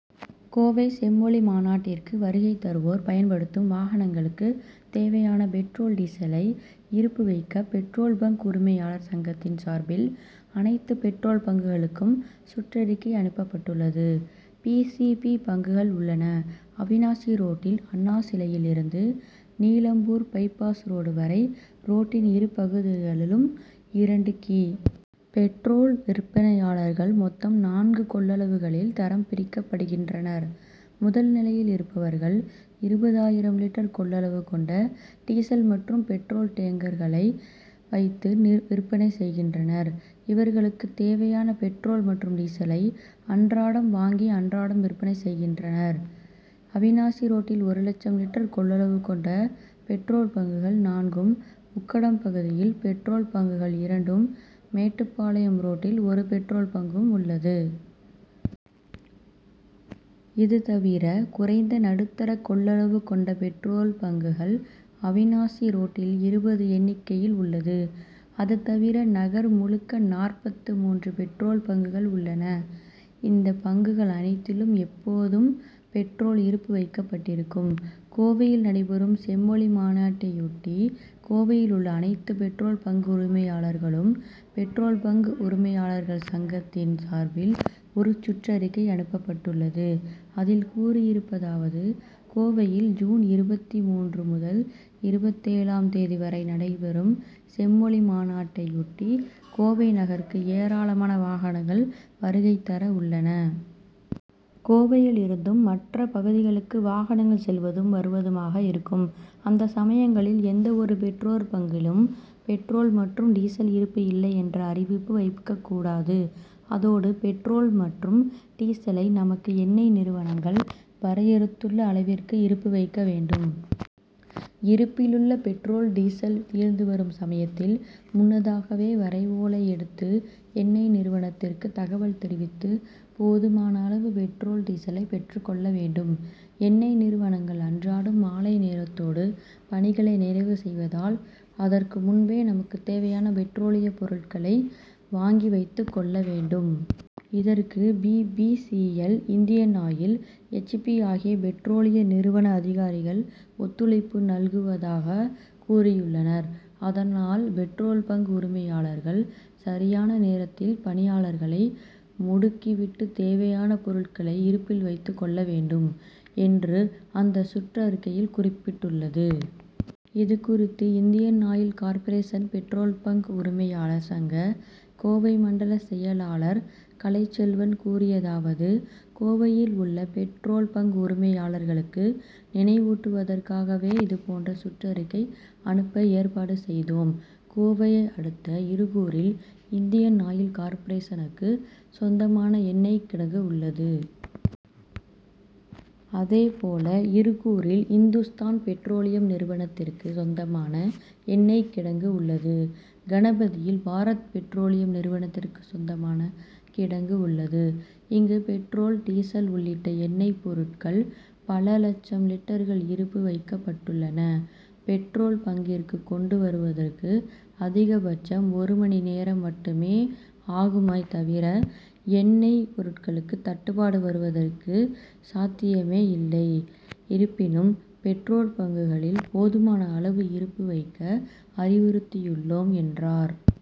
கோவை செம்மொழி மாநாட்டிற்கு வருகை தருவோர் பயன்படுத்தும் வாகனங்களுக்கு தேவையான பெட்ரோல், டீசலை இருப்பு வைக்க பெட்ரோல் பங்க் உரிமையாளர் சங்கத்தின் சார்பில் அனைத்து பெட்ரோல் பங்க்குகளுக்கும் சுற்றறிக்கை அனுப்பப்பட்டுள்ளது. பி. சி. பி.பங்குகள் உள்ளன. அவிநாசி ரோட்டில் அண்ணாசிலையில் இருந்து நீலம்பூர் பை பாஸ் ரோடு வரை ரோட்டின் இரு பகுதிகளிலும், இரண்டு கி. பெட்ரோல் விற்பனையாளர்கள் மொத்தம் நான்கு கொள்ளளவுகளில் தரம் பிரிக்கப்படுகின்றனர். முதல் நிலையில் இருப்பவர்கள் இருபது ஆயிரம் லிட்டர் கொள்ளளவு கொண்ட டீசல் மற்றும் பெட்ரோல் டேங்கர்களை வைத்து விற்பனை செய்கின்றனர். இவர்களுக்கு தேவையான பெட்ரோல் மற்றும் டீசலை அன்றாடம் வாங்கி அன்றாடம் விற்பனை செய்கின்றனர். அவிநாசி ரோட்டில் ஒரு லட்சம் லிட்டர் கொள்ளளவு கொண்ட பெட்ரோல் பங்குகள் நான்கும், உக்கடம் பகுதியில் பெட்ரோல் பங்குகள் இரண்டும், மேட்டுப்பாளையம் ரோட்டில் ஒரு பெட்ரோல் பங்கும் உள்ளது. இது தவிர குறைந்த, நடுத்தர கொள்ளளவு கொண்ட பெட்ரோல் பங்குகள் அவிநாசிரோட்டில் இருபது எண்ணிக்கையில் உள்ளது. அது தவிர நகர் முழுக்க நாற்பத்து மூன்று பெட்ரோல் பங்குகள் உள்ளன. இந்த பங்குகள் அனைத்திலும் எப்போதும் பெட்ரோல் இருப்பு வைக்கப்பட்டிருக்கும். கோவையில் நடைபெறும் செம்மொழி மாநாட்டையொட்டி கோவையில் உள்ள அனைத்து பெட்ரோல் பங்க் உரிமையாளருக்கும், பெட்ரோல் பங்க் உரிமையாளர் சங்கத்தின் சார்பில் ஒரு சுற்றறிக்கை அனுப்பப்பட்டுள்ளது அதில் கூறியிருப்பதாவது: கோவையில் ஜூன் இருபத்துமூன்று முதல் இருபத்தேழாம் தேதி வரை நடைபெறும் செம்மொழி மாநாட்டையொட்டி, கோவை நகருக்கு ஏராளமான வாகனங்கள் வருகை தர உள்ளன. கோவையில் இருந்தும் மற்ற பகுதிகளுக்கு வாகனங்கள் செல்வதும் வருவதுமாக இருக்கும். அந்த சமயங்களில் எந்த ஒரு பெட்ரோல் பங்க்கிலும் பெட்ரோல் மற்றும் டீசல் இருப்பு இல்லை என்ற அறிவிப்பு வைக்கப்படக்கூடாது. அதோடு பெட்ரோல் மற்றும் டீசலை நமக்கு எண்ணெய் நிறுவனங்கள் வரையறுத்துள்ள அளவிற்கு இருப்பு வைக்க வேண்டும். இருப்பிலுள்ள பெட்ரோல், டீசல் தீர்ந்து வரும் சமயத்தில் முன்னதாகவே வரைவோலை எடுத்து எண்ணெய் நிறுவனத்திற்கு தகவல் தெரிவித்து போதுமான அளவு பெட்ரோல் டீசலை பெற்றுக்கொள்ள வேண்டும். எண்ணெய் நிறுவனங்கள் அன்றாடம் மாலை நேரத்தோடு பணிகளை நிறைவு செய்வதால், அதற்கு முன்பே நமக்கு தேவையான பெட்ரோலிய பொருட்களை வாங்கி வைத்துக் கொள்ளவேண்டும். இதற்கு B. P. C. L., Indian Oil, H. P., ஆகிய பெட்ரோலிய நிறுவன அதிகாரிகள் ஒத்துழைப்பு நல்குவதாக கூறியுள்ளனர். அதனால் பெட்ரோல் பங்க் உரிமையாளர்கள் சரியான நேரத்தில் பணியாளர்களை முடுக்கிவிட்டு தேவையான பொருட்களை இருப்பில் வைத்துக்கொள்ள வேண்டும், என்று அந்த சுற்றறிக்கையில் குறிப்பிட்டுள்ளது. இது குறித்து Indian Oil Corporation petrol bunk உரிமையாளர் சங்க, கோவை மண்டல செயலாளர் கலைச்செல்வன் கூறியதாவது: கோவையில் உள்ள பெட்ரோல் பங்க் உரிமையாளர்களுக்கு நினைவூட்டுவதற்காகவே இது போன்ற சுற்றறிக்கை அனுப்ப ஏற்பாடுசெய்தோம். கோவையை அடுத்த இருகூரில் இந்தியன் ஆயில் கார்பரேஷனுக்கு சொந்தமான எண்ணெய்கிடங்கு உள்ளது. அதே போல இருகூரில் இந்துஸ்தான் பெட்ரோலியம் நிறுவனத்திற்கு சொந்தமான எண்ணெய் கிடங்கு உள்ளது. கணபதியில் பாரத்பெட்ரோலியம் நிறுவனத்திற்கு சொந்தமான கிடங்கு உள்ளது. இங்கு பெட்ரோல், டீசல் உள்ளிட்ட எண்ணெய் பொருட்கள் பல லட்சம் லிட்டர்கள் இருப்பு வைக்கப்பட்டுள்ளன. பெட்ரோல் பங்க்கிற்கு கொண்டு வருவதற்கு அதிகபட்சம் ஒரு மணி நேரம் மட்டுமே ஆகுமே தவிர, எண்ணெய் பொருட்களுக்கு தட்டுப்பாடு வருவதற்கு சாத்தியமே இல்லை. இருப்பினும் பெட்ரோல் பங்க்குகளில் போதுமான அளவு இருப்பு வைக்க அறிவுறுத்தியுள்ளோம் என்றார்.